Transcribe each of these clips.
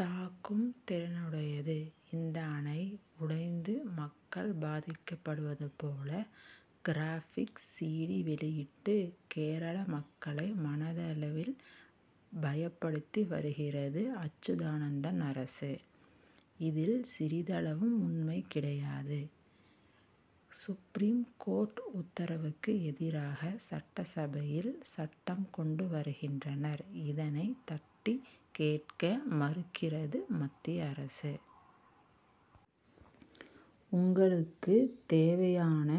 தாங்கும் திறனுடையது. இந்த அணை உடைந்து மக்கள் பாதிக்கப்படுவது போல, கிராபிக்ஸ் 'சிடி வெளியிட்டு, கேரள மக்களை மனதளவில் பயப்படுத்தி வருகிறது அச்சுதானந்தன் அரசு. இதில், சிறிதளவும் உண்மை கிடையாது. சுப்ரீம் கோர்ட் உத்தரவுக்கு எதிராக, சட்டசபையில் சட்டம் கொண்டு வருகின்றனர். இதனை தட்டிக் கேட்க மறுக்கிறது மத்திய அரசு. உங்களுக்கு தேவையான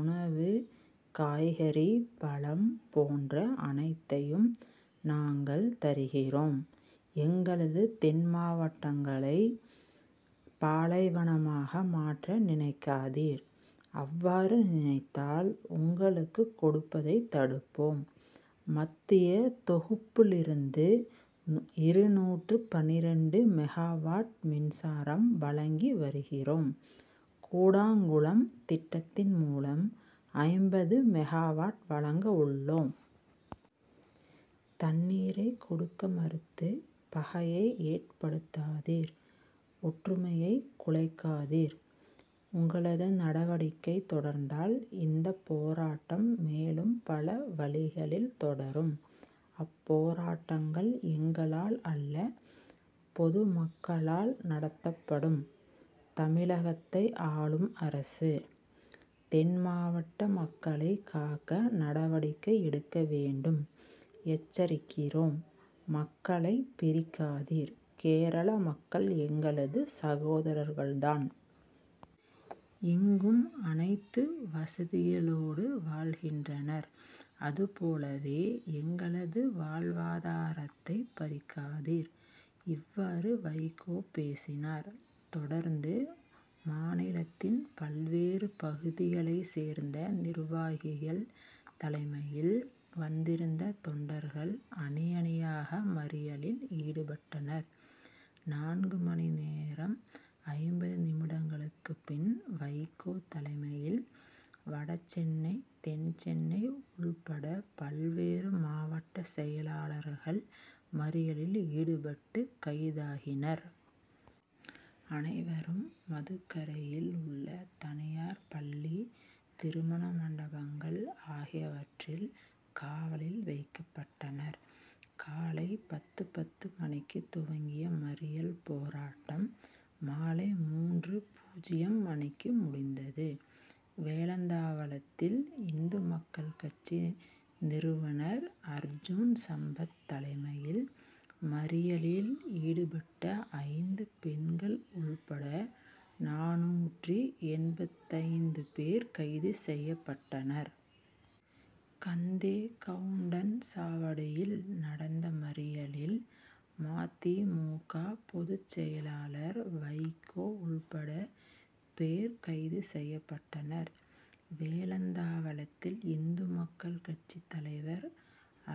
உணவு, காய்கறி, பழம் போன்ற அனைத்தையும் நாங்கள் தருகிறோம். எங்களது தென்மாவட்டங்களை பாலைவனமாக மாற்ற நினைக்காதீர். அவ்வாறு நினைத்தால், உங்களுக்கு கொடுப்பதை தடுப்போம். மத்திய தொகுப்பிலிருந்து இருநூற்று பன்னிரண்டு மெகாவாட் மின்சாரம் வழங்கி வருகிறோம். கூடங்குளம் திட்டத்தின் மூலம், ஐம்பது மெகாவாட் வழங்க உள்ளோம். தண்ணீரை கொடுக்க மறுத்து, பகையை ஏற்படுத்தாதீர், ஒற்றுமையை குலைக்காதீர். உங்களது நடவடிக்கை தொடர்ந்தால், இந்தப் போராட்டம் மேலும் பல வழிகளில் தொடரும். அப்போராட்டங்கள் எங்களால் அல்ல; பொதுமக்களால் நடத்தப்படும். தமிழகத்தை ஆளும் அரசு, தென்மாவட்ட மக்களை காக்க நடவடிக்கை எடுக்கவேண்டும். எச்சரிக்கிறோம், மக்களை பிரிக்காதீர். கேரள மக்கள் எங்களது சகோதரர்கள்தான். இங்கும் அனைத்து வசதிகளோடு வாழ்கின்றனர். அதுபோலவே, எங்களது வாழ்வாதாரத் தை பறிக்காதீர். இவ்வாறு, வைகோ பேசினார். தொடர்ந்து, மாநிலத்தின் பல்வேறு பகுதிகளைச் சேர்ந்த நிர்வாகிகள் தலைமையில் வந்திருந்த தொண்டர்கள் அணி, அணியாக மறியலில் ஈடுபட்டனர். நான்கு மணி நேரம் ஐம்பது நிமிடத்துக்கு பின் வைகோ தலைமையில் வடசென்னை, தென்சென்னை உள்பட பல்வேறு மாவட்ட செயலாளர் கள் மறியலில் ஈடுபட்டு கைதாகினர். அனைவரும், மதுக்கரையில் உள்ள தனியார் பள்ளி, திருமண மண்டபங்கள் ஆகியவற்றில் காவலில் வைக்கப்பட்டனர். காலை பத்து.பத்து மணிக்கு துவங்கிய மறியல் போராட்டம் மாலை மூன்று.பூஜ்ஜியம் மணிக்கு முடிந்தது. வேலந்தாவளத்தில் இந்து மக்கள் கட்சி நிறுவனர் அர்ஜூன்சம்பத் தலைமையில் மறியலில் ஈடுபட்ட ஐந்து பெண்கள் உள்பட நானூற்று எண்பத்தைந்து பேர் கைது செய்யப்பட்டனர். கந்தேகவுண்டன்சாவடியில் நடந்த மறியிலில் ம. தி. மு. க., பொதுச் செயலாளர் வைகோ உள்பட பேர் கைது செய்யப்பட்டனர். வேலந்தாவளத்தில் இந்து மக்கள் கட்சி தலைவர்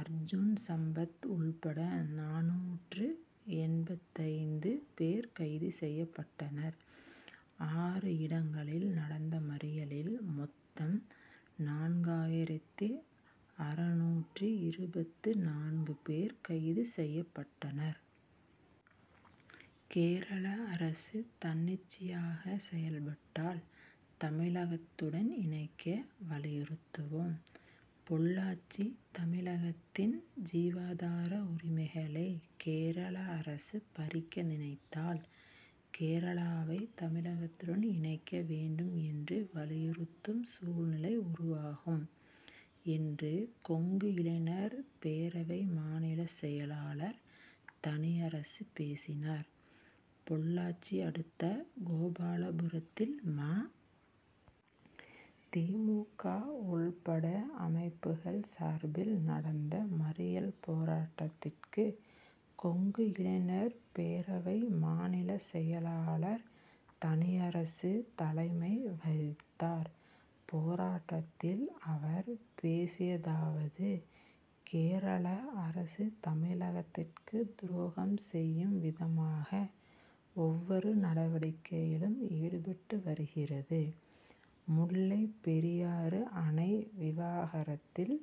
அர்ஜூன்சம்பத் உள்பட நானூற்று எண்பத்தைந்து பேர் கைது செய்ய பட்டனர். ஆறு இடங்களில் நடந்த மறியலில் மொத்தம் நான்காயிரத்து அறுநூற்று இருபத்து நான்கு பேர் கைது செய்யப்பட்டனர். 'கேரளா அரசு தன்னிச்சையாக செயல்பட்டால் தமிழகத்துடன் இணைக்க வலியுறுத்துவோம்' பொள்ளாச்சி தமிழகத்தின் ஜீவாதார உரிமைகளை கேரளா அரசு பறிக்க நினைத்தால், கேரளாவை தமிழகத்துடன் இணைக்க வேண்டும் என்று வலியுறுத்தும் சூழ்நிலை உருவாகும், என்று கொங்கு இளைஞர் பேரவை மாநில செயலாளர் தனியரசு பேசினார். பொள்ளாச்சி அடுத்த கோபாலபுரத்தில் ம. தி. மு. க., உள்ளிட்ட அமைப்புகள் சார்பில் நடந்த மறியல் போராட்டத்திற்கு கொங்கு இளைஞர் பேரவை மாநில செயலாளர் தனியரசு தலைமை வகித்தார். போராட்டத்தில் அவர் பேசியதாவது கேரளா அரசு தமிழகத்திற்கு துரோகம் செய்யும் விதமாக ஒவ்வொரு நடவடிக்கையிலும் ஈடுபட்டு வருகிறது. முல்லைப்பெரியாறு அணை விவகாரத்தில்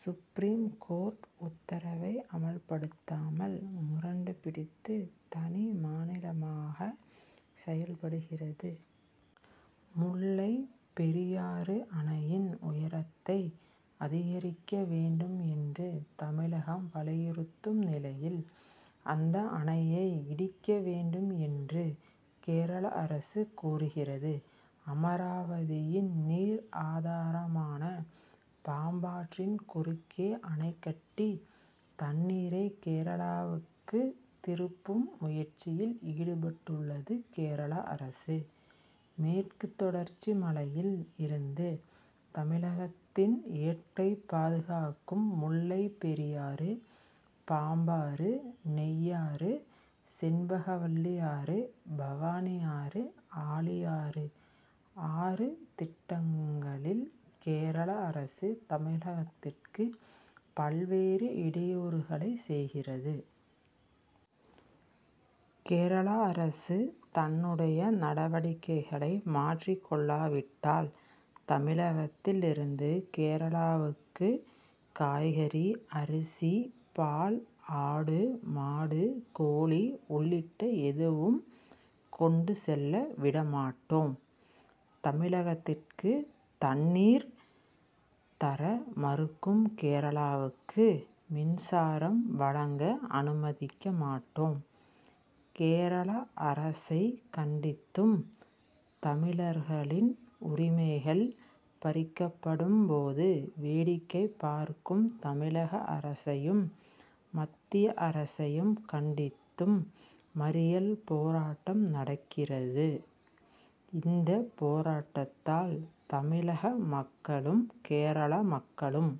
சுப்ரீம் கோர்ட் உத்தரவை அமல்படுத்தாமல் முரண்டு பிடித்து தனி மாநிலமாக செயல்படுகிறது. முல்லை பெரியாறு அணையின் உயரத்தை அதிகரிக்க வேண்டும் என்று தமிழகம் வலியுறுத்தும் நிலையில், அந்த அணையை இடிக்க வேண்டும் என்று கேரளா அரசு கூறுகிறது. அமராவதியின் நீர்ஆதாரமான பாம்பாற்றின் குறுக்கே அணை கட்டி, தண்ணீரை கேரளாவுக்கு திருப்பும் முயற்சியில் ஈடுபட்டுள்ளது கேரளா அரசு. மேற்கு தொடர்ச்சி மலையில் இருந்து தமிழகத்தின் இயற்கை பாதுகாக்கும் முல்லைப்பெரியாறு, பாம்பாறு, நெய்யாறு, செண்பகவல்லி ஆறு, பவானி ஆறு, ஆழியாறு ஆறு திட்டங்களில் கேரளா அரசு, தமிழகத்திற்கு பல்வேறு இடையூறுகளை செய்கிறது. கேரளா அரசு தன்னுடைய நடவடிக்கைகளை மாற்றிக் கொள்ளாவிட்டால், தமிழகத்தில் இருந்து கேரளாவுக்கு காய்கறி, அரிசி, பால், ஆடு, மாடு, கோழி உள்ளிட்ட எதுவும் கொண்டு செல்ல விடமாட்டோம். தமிழகத்திற்கு தண்ணீர் தர மறுக்கும் கேரளாவுக்கு மின்சாரம் வழங்க அனுமதிக்க மாட்டோம். கேரளா அரசை கண்டித்தும், தமிழர்களின் உரிமைகள் பறிக்கப்படும் போது வேடிக்கை பார்க்கும் தமிழக அரசையும், மத்திய அரசையும் கண்டித்தும் மறியல் போராட்டம் நடக்கிறது. இந்த போராட்டத்தால் தமிழக மக்களும், கேரளா மக்களும்